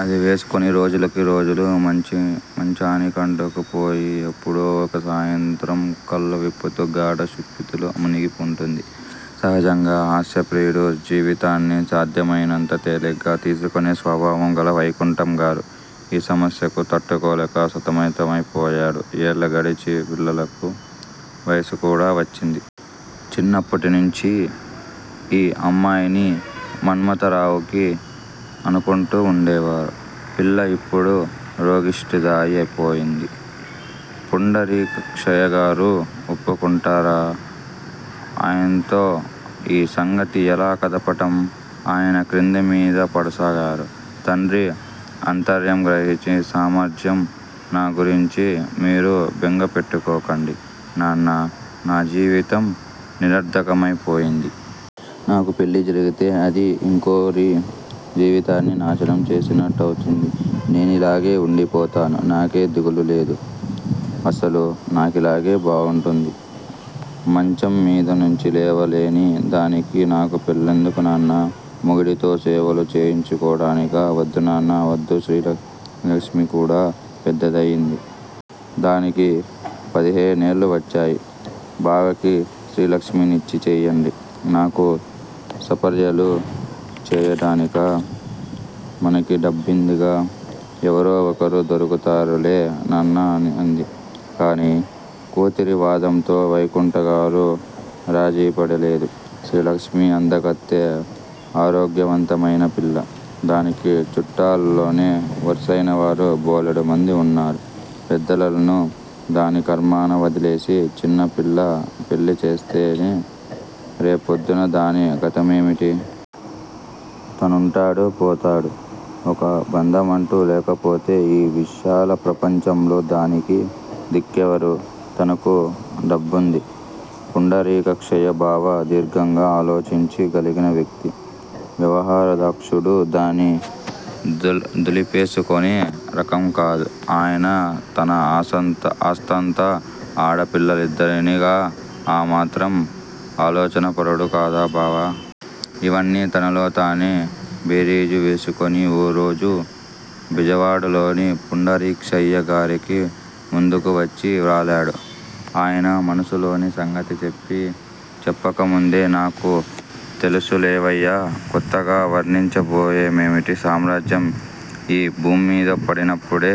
అది వేసుకుని రోజులకి రోజులు మంచి మంచానికంటుకు పోయి ఎప్పుడో ఒక సాయంత్రం కళ్ళు విప్పుతూ గాఢ సుషుప్తిలో మునిగి వుంటుంది. సహజంగా హాస్య ప్రియుడూ, జీవితాన్ని సాధ్యమైనంత తేలిగ్గా తీసుకునే స్వభావం గల వైకుంఠం గారు ఈ సమస్యకు తట్టుకోలేక సతమతమైపోయాడు. ఏళ్ళు గడిచి పిల్లలకు వయసు కూడా వచ్చింది. చిన్నప్పటినుంచి ఈ అమ్మాయిని మన్మథరావుకి అనుకుంటూ వుండేవారు. పిల్ల ఇప్పుడు రోగిష్టిదాయి పోయింది. పుండరీకాక్షయ్యగారు ఒప్పుకుంటారా? ఆయన్తో ఈ సంగతి ఎలా కదపడం? ఆయన క్రింది మీదా పడసాగారు. తండ్రి ఆంతర్యం గ్రహించి సామ్రాజ్యం నా గురించి మీరు బెంగ పెట్టుకోకండి. నాన్నా! నా జీవితం నిరర్ధకమైపోయింది. నాకు పెళ్ళి జరిగితే అది యింకోరి జీవితాన్ని నాశనం చేసినట్టవుతుంది. నేనిలాగానే వుండి పోతాను. నాకే దిగులూ లేదు. అసలు నాకిలాగే బాగుంటుంది. మంచం మీద నుంచి లేవలేని దానికి నాకు పెళ్లెందుకు నాన్నా? మొగాడితో సేవలు చేయించుకోడానికా? వద్దు నాన్నా! వద్దు శ్రీలక్ష్మి కూడా పెద్దదయింది. దానికి పదిహేనేళ్ళు వచ్చాయి. బావకి శ్రీ లక్ష్మినిచ్చి చెయ్యండి. నాకు సపర్యలు చెయ్యటానికా? మనకి డబ్బుందిగా? ఎవరో ఒకరు దొరుకుతారులే నాన్నా అంది. కాని కూతురి వాదంతో వైకుంఠగారు రాజీప డలేదు. శ్రీలక్ష్మి అందగత్తె ఆరోగ్యవంతమైన పిల్ల. దానికి చుట్టాల్లోనే వరసైనవారు బోలెడుమంది వున్నారు. పెద్దపిల్లను దాని కర్మాన వదిలేసి, చిన్నపిల్ల పెళ్ళి చేసేస్తే రేపొద్దున దాని గతేమిటి? తనుంటాడు, పోతాడు. ఒక బంధమంటూ లేకపోతే ఈ విశాల ప్రపంచంలో దానికి దిక్కెవరు? తనకు డబ్బుంది. పుండరీకాక్షయ్య బావ దీర్ఘంగా ఆలోచించి గలిగిన వ్యక్తి. వ్యవహారదక్షుడు గాని, దుల్ దులిపేసుకునే రకం కాదు. అయినా తన అసం ఆస్తంతా ఆడపిల్లలిద్దరిదేగా ఆ మాత్రం ఆలోచనా పరుడు కాదా బావ? ఇవన్నీ తనలో తానే బేరీజు వేసుకుని ఓ రోజు బెజవాడలోని పుండరీక్షయ్య గారికి ముందుకు వచ్చి వ్రాలాడు. ఆయన మనసులోని సంగతి చెప్పీ చెప్పకముందే నాకు తెలుసులేవయ్యా! కొత్తగా వర్ణించబోవేమిటి? సామ్రాజ్యం ఈ భూమ్మీద పడినప్పుడే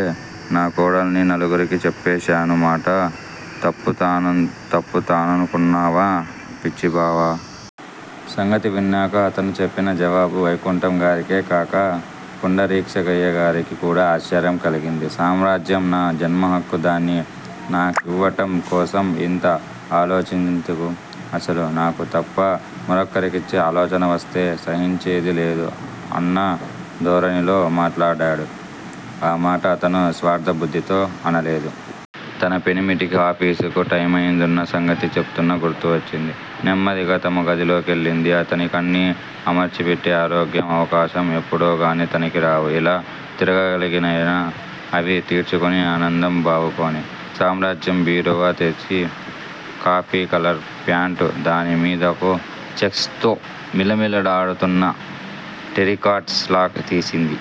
నా కోడలని నలుగురికీ చెప్పేశాను. మాట తప్పుతాను తప్పుతాననుకున్నావా? పిచ్చిబావ! సంగతి విన్నాక అతను చెప్పిన జవాబు వైకుంఠం గారికే కాక పుండరీకాక్షయ్యగారికి కూడా ఆశ్చర్యం కలిగించింది. సామ్రాజ్యం నా జన్మహక్కు దాన్ని నాకివ్వటం కోసం యింత ఆలోచించకు? అసలు నాకు తప్ప మరొకరికిచ్చే ఆలోచన వస్తే సహించేది లేదు అన్నధోరణిలో మాట్లాడాడు. ఆ మాట అతను స్వార్ధ బుద్దితో అనలేదు. తన పెనిమిటికి ఆఫీసుకు టైమయిందన్న సంగతి చప్పున గుర్తువచ్చింది. నెమ్మదిగా తమ గదిలోకెళ్ళింది. అతనికన్నీ అమర్చిపెట్టే ఆరోగ్యం, అవకాశం ఎప్పుడోగాని తనకి రావు. ఇలా తిరగగలిగనైనా అవి తీర్చుకుని ఆనందం బావుకోనీ. సామ్రాజ్యం బీరువా తెరిచి కాఫీ కలర్ ప్యాంటు, దాని మీదకు చెక్స్ తో మిలమిలలాడుతున్న టెరికాట్ స్లాక్ తీసింది.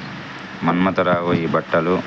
మన్మథరావు ఈ బట్టలు